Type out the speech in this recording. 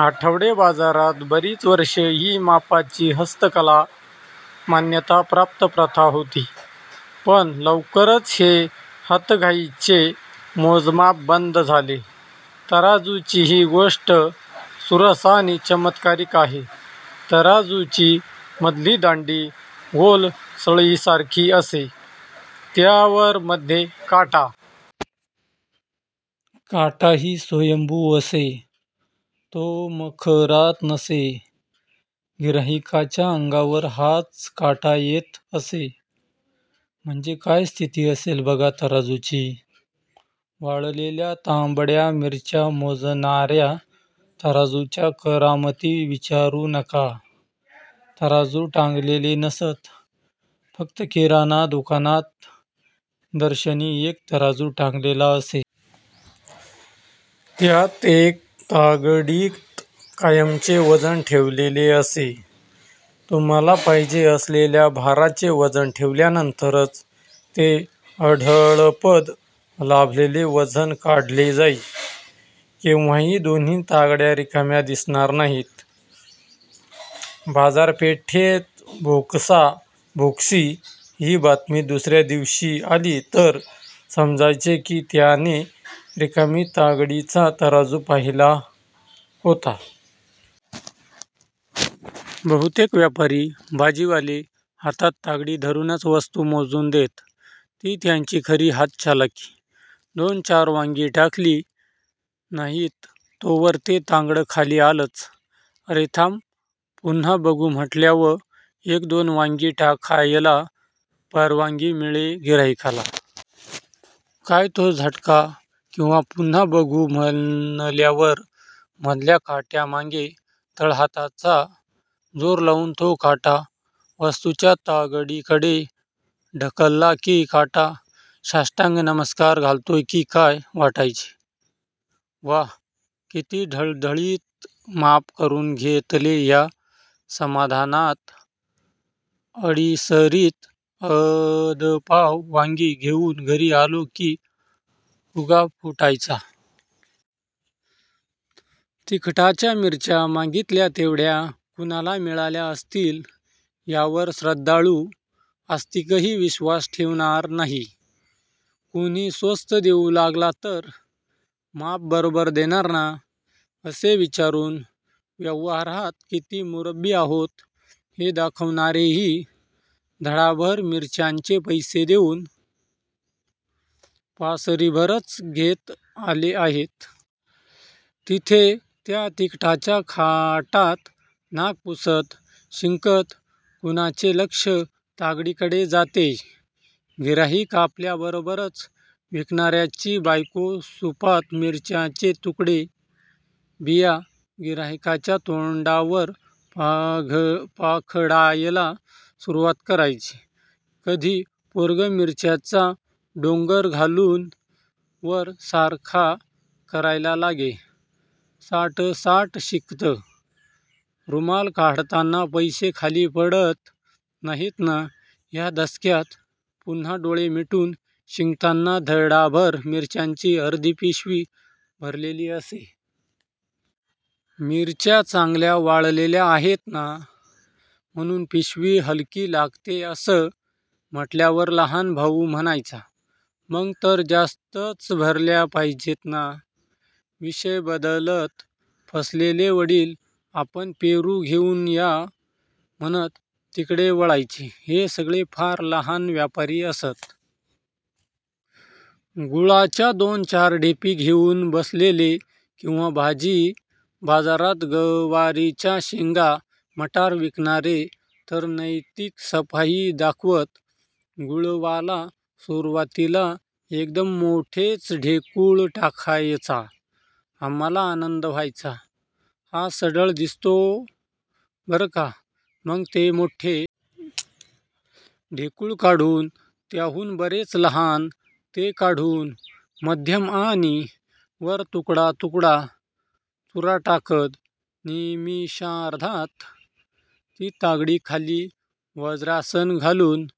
आठवडे बाजारात बरीच वर्षे ही मापाची 'हस्तकला' मान्यता प्राप्त प्रथा होती. पण लवकरच हे हातघाईचे मोजमाप बंद झाले. तराजूंचीही गोष्ट सुरस आणि चमत्कारिक आहे. तराजूची मधली दांडी गोल सळईसारखी असे. त्यावर मध्ये काटा. काटाही स्वयंभू असे. तो मखरात नसे. गिऱ्हाईकाच्या अंगावर हाच काटा येत असे. म्हणजे काय स्थिती असेल बघा तराजूची! वाळलेल्या तांबड्या मिरच्या मोजणाऱ्या तराजूंच्या करामती विचारू नका. तराजू टांगलेले नसत. फक्त किराणा दुकानात दर्शनी एक तराजू टांगलेला असे. त्यात एक तागडीत कायमचे वजन ठेवलेले असे. तुम्हाला पाहिजे असलेल्या भाराचे वजन ठेवल्यानंतरच ते अढळपद लाभलेले वजन काढले जाई. केव्हाही दोन्ही तागड्या रिकाम्या दिसणार नाहीत. "बाजारपेठेत भोसकाऽऽ भोसकी" ही बातमी दुसऱ्या दिवशी आली तर समजायचे की त्याने रिकामी तागडीचा तराजू पाहिला होता! बहुतेक व्यापारी, भाजीवाले हातात तागडी धरूनच वस्तू मोजून देत. ती त्यांची खरी हात चलाखी. दोन चार वांगी टाकली नाहीत तोवर ते तांगडं खाली आलंच. अरे थांब पुन्हा बघू म्हटल्यावर एक दोन वांगी टाकायला परवानगी मिळे गिऱ्हाईकाला. काय तो झटका किंवा पुन्हा बघू म्हणल्यावर मधल्या काट्यामागे तळहाताचा जोर लावून तो काटा वस्तुच्या तागडीकडे ढकलला की काटा साष्टांग नमस्कार घालतोय की काय वाटायचे. वा! किती ढळढळीत माप करून घेतले ह्या समाधानात अडीसरीत अदपाव वांगी घेऊन घरी आलो की फुगा फुटायचा. तिखटाच्या मिरच्या मागितल्या तेव्हढ्या कुणाला मिळाल्या असतील ह्यावर श्रद्धाळू आस्तिकही विश्वास ठेवणार नाही. कुणी स्वस्त देऊ लागला तर " माप बरोबर देणार ना"?असे विचारून व्यवहारात किती मुरब्बी आहोत हे दाखवणारेही धडाभर मिरच्याचे पैसे देऊन पासरीभरच घेत आले आहेत! तिथे त्या तिखटाच्या खाटांत, नाक पुसत, शिंकत कुणाचे लक्ष तागडीकडे जातेय! गिऱ्हाईक आपल्याबरोबरच विकणाऱ्याची बायको सुपात मिर्च्यांचे तुकडे बिया गिऱ्हाईकाच्या तोंडावर पाघपाखडायला सुरुवात करायची. कधी पोरगं मिरच्याचा डोंगर घालून वर सारखा करायला लागे, साट्साट् शिंकत, रुमाल काढतांना पैशे खाली पडत नाहीत ना ह्या धसक्यात पुन्हा डोळे मिटून शिंकताना धडाभर मिरच्यांनी अर्धीपिशवी भरलेली असे. मिरच्या चांगल्या वाळलेल्या आहेत. ना, म्हणून पिशवी हलकी लागते असं म्हटल्यावर लहान भाऊ म्हणायचा, "मग तर जास्तच भरल्या पाहिजेत ना"? विषय बदलत, फसलेले वडील आपण पेरू घेऊन या म्हणत तिकडे वळायचे. हे सगळे फार लहान व्यापारी असत. गुळाच्या दोन चार ढेपी घेऊन बसलेले किंवा भाजी बाजारात गवारीच्या शेंगा, मटार विकणारे तर नैतिक सफाई दाखवत. गुळवाला सुरुवातीला एकदम मोठेच ढेकूळ टाकायचा. आम्हाला आनंद व्हायचा. हा सढळ दिसतो बरं का. मग ते मोठ्ठे ढेकूळ काढून त्याहून बरेच लहान, ते काढून मध्यम आणि वर तुकडा तुकडा, चुरा टाकत निमिषार्धात ती तागडी खाली वज्रासन घालून,--